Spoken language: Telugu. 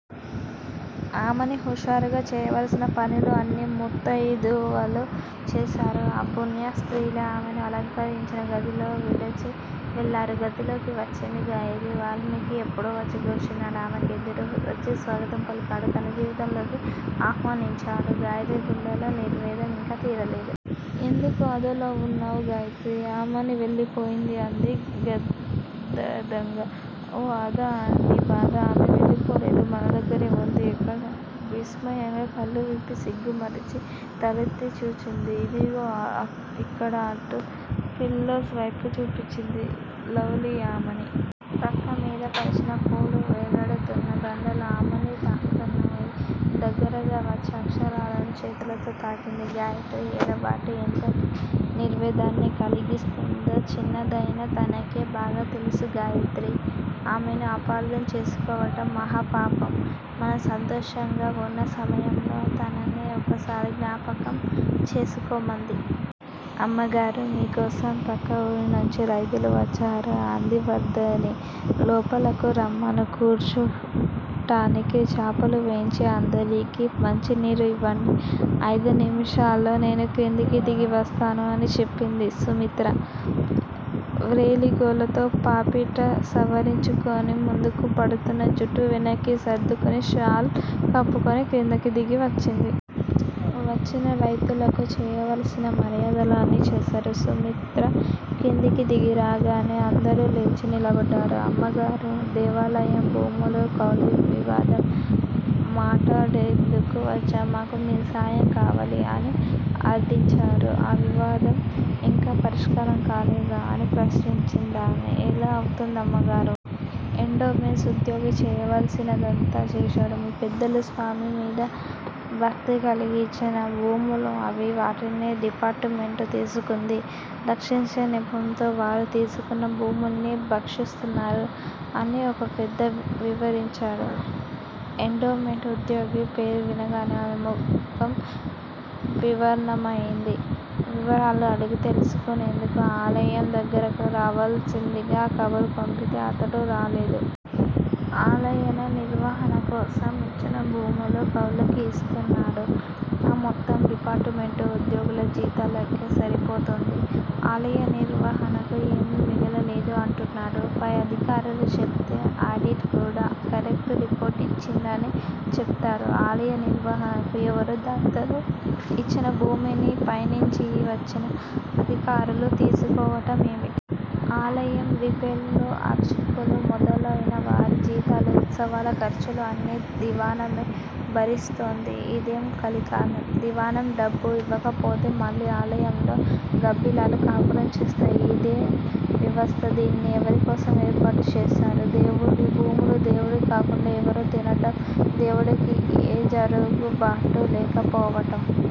ఆమని హుషారుగా చేయవలసిన పనులు అన్నీ ముత్తయిదువలు చేశారు. ఆ పుణ్య స్త్రీలే ఆమెను అలంకరించిన గదిలో విడచి వెళ్ళారు. గదిలోకి వచ్చింది గాయత్రి. వాల్మీకి ఎప్పుడో వచ్చి కూర్చున్నాడు. ఆమెకు ఎదురు వచ్చి స్వాగతం పలికాడు! తన జీవితంలోకి ఆహ్వానించాడు. గాయత్రి గుండెల్లో నిర్వేదం ఇంకా తీరలేదు. ఎందుకు అదోలా వున్నావు గాయత్రీ! ఆమని వెళ్ళిపోయింది అంది గాద్గదంగా! ఓ అదా నీ బాధ! ఆమె వెళ్ళిపోలేదు మనదగ్గరే వుంది! ఎక్కడ? విస్మయంగా కళ్ళు విప్పి సిగ్గు మరచి తలఎత్తి చూచింది. ఇదిగో ఇక్కడ అంటూ పిల్లోస్ వైపు చూపిచింది. లవ్ లీ ఆమని! ప్రక్కమీద పరచిన పూలు వ్రేలాడుతున్న దండలు ఆమని తాకుతున్నాయి. దగ్గరగా వచ్చి అక్షరాలను చేతులతో తాకింది గాయత్రి. ఎడబాటు ఎంతటి నిర్వేదాన్ని కలిగిస్తుందో చిన్నదయినా తనకే బాగా తెలుసు గాయత్రీ! ఆమెను అపార్ధం చేసుకోవటం మహాపాపం! మనం సంతోషంగా వున్న సమయంలో తనని ఒక్కసారి జ్ఞాపకం చేసుకోమంది. అమ్మగారూ! మీకోసం ప్రక్కఊరినుంచి రైతులు వచ్చారు అంది వర్ధని. లోపలకు రమ్మను! కూర్చుంటానికి చాపలు వేయించి అందరికి మంచినీరు ఇవ్వండి. అయిదు నిముషాల్లో నేను క్రిందికి దిగి వస్తాను అని చెప్పింది సుమిత్ర. వ్రేలిగోళ్ళతో పాపిట సవరించుకుని ముందుకు పడుతున్న జుట్టు వెనక్కి సర్దుకుని షాల్ కప్పుకుని క్రిందకి దిగి వచ్చింది. వచ్చిన రైతులకు చేయవలసిన మర్యాదలు అన్నీ చేశారు. సుమిత్ర క్రిందికి దిగి రాగానే అందరూ లేచి నిలబడ్డారు. అమ్మగారూ! దేవాలయం భూములు కౌలువివాదం మాటాడేందుకు వచ్చాం మాకు మీ సాయం కావాలి! అని అర్దించారు. ఆ వివాదం ఇంకా పరిష్కారం కాలేదా? అని ప్రశ్నించిందామె. ఎలా అవుతుంది అమ్మగారూ! ఎండోమెంట్స్ ఉద్యోగి చేయవలసినదంతా చేశాడు. మీ పెద్దలు స్వామిమీద భక్తి కలిగి ఇచ్చిన భూములు అవి! వాటిని డిపార్టుమెంటు తీసుకుంది. రక్షించే నెపంతో వారు తీసుకున్న భూముల్ని భక్షిస్తున్నారు అని ఒక పెద్ద వివరించాడు. ఎండోమెంటు ఉద్యోగి పేరు వినగానే ఆమె ముఖం వివర్ణమయింది. వివరాలు అడిగి తెలుసుకునేందుకు ఆలయం దగ్గరకు రావలసిందిగా కబురు పంపితే అతడు రాలేదు. ఆలయల నిర్వహణకోసం ఇచ్చిన భూములు కౌళ్ళకి యిస్తున్నాడు. ఆ మొత్తం డిపార్టుమెంటు ఉద్యోగుల జీతాలకే సరిపోతోంది. ఆలయ నిర్వహణకు ఏమీ మిగలలేదు అంటున్నాడు. పై అధికారులు చెప్తే ఆడిట్ కూడా కరెక్ట్ రిపోర్ట్ ఇచ్చిందని చెప్తారు. ఆలయ నిర్వహణకు ఎవరో దాతలు ఇచ్చిన భూమిని పైనించి వచ్చిన అధికారులు తీసుకోవటం ఏమిటి? ఆలయం రిపేర్లు అర్చకులు మొదలయిన వారి జీతాలు ఉత్సవాల ఖర్చులు అన్నీ దివాణమే భరిస్తోంది. ఇదేం కలికాలం! దివాణం డబ్బు ఇవ్వకపోతే మళ్ళీ ఆలయంలో గబ్బిలాలు కాపురం చేస్తాయి. ఇదేం వ్యవస్థ! దీన్ని ఎవరికోసం ఏర్పాటుచేశారు. దేవుడి భూములు దేవుడు కాకుండా ఎవరో తినటం, దేవుడికి ఏ జరుగుబాటూ లేకపోవటం!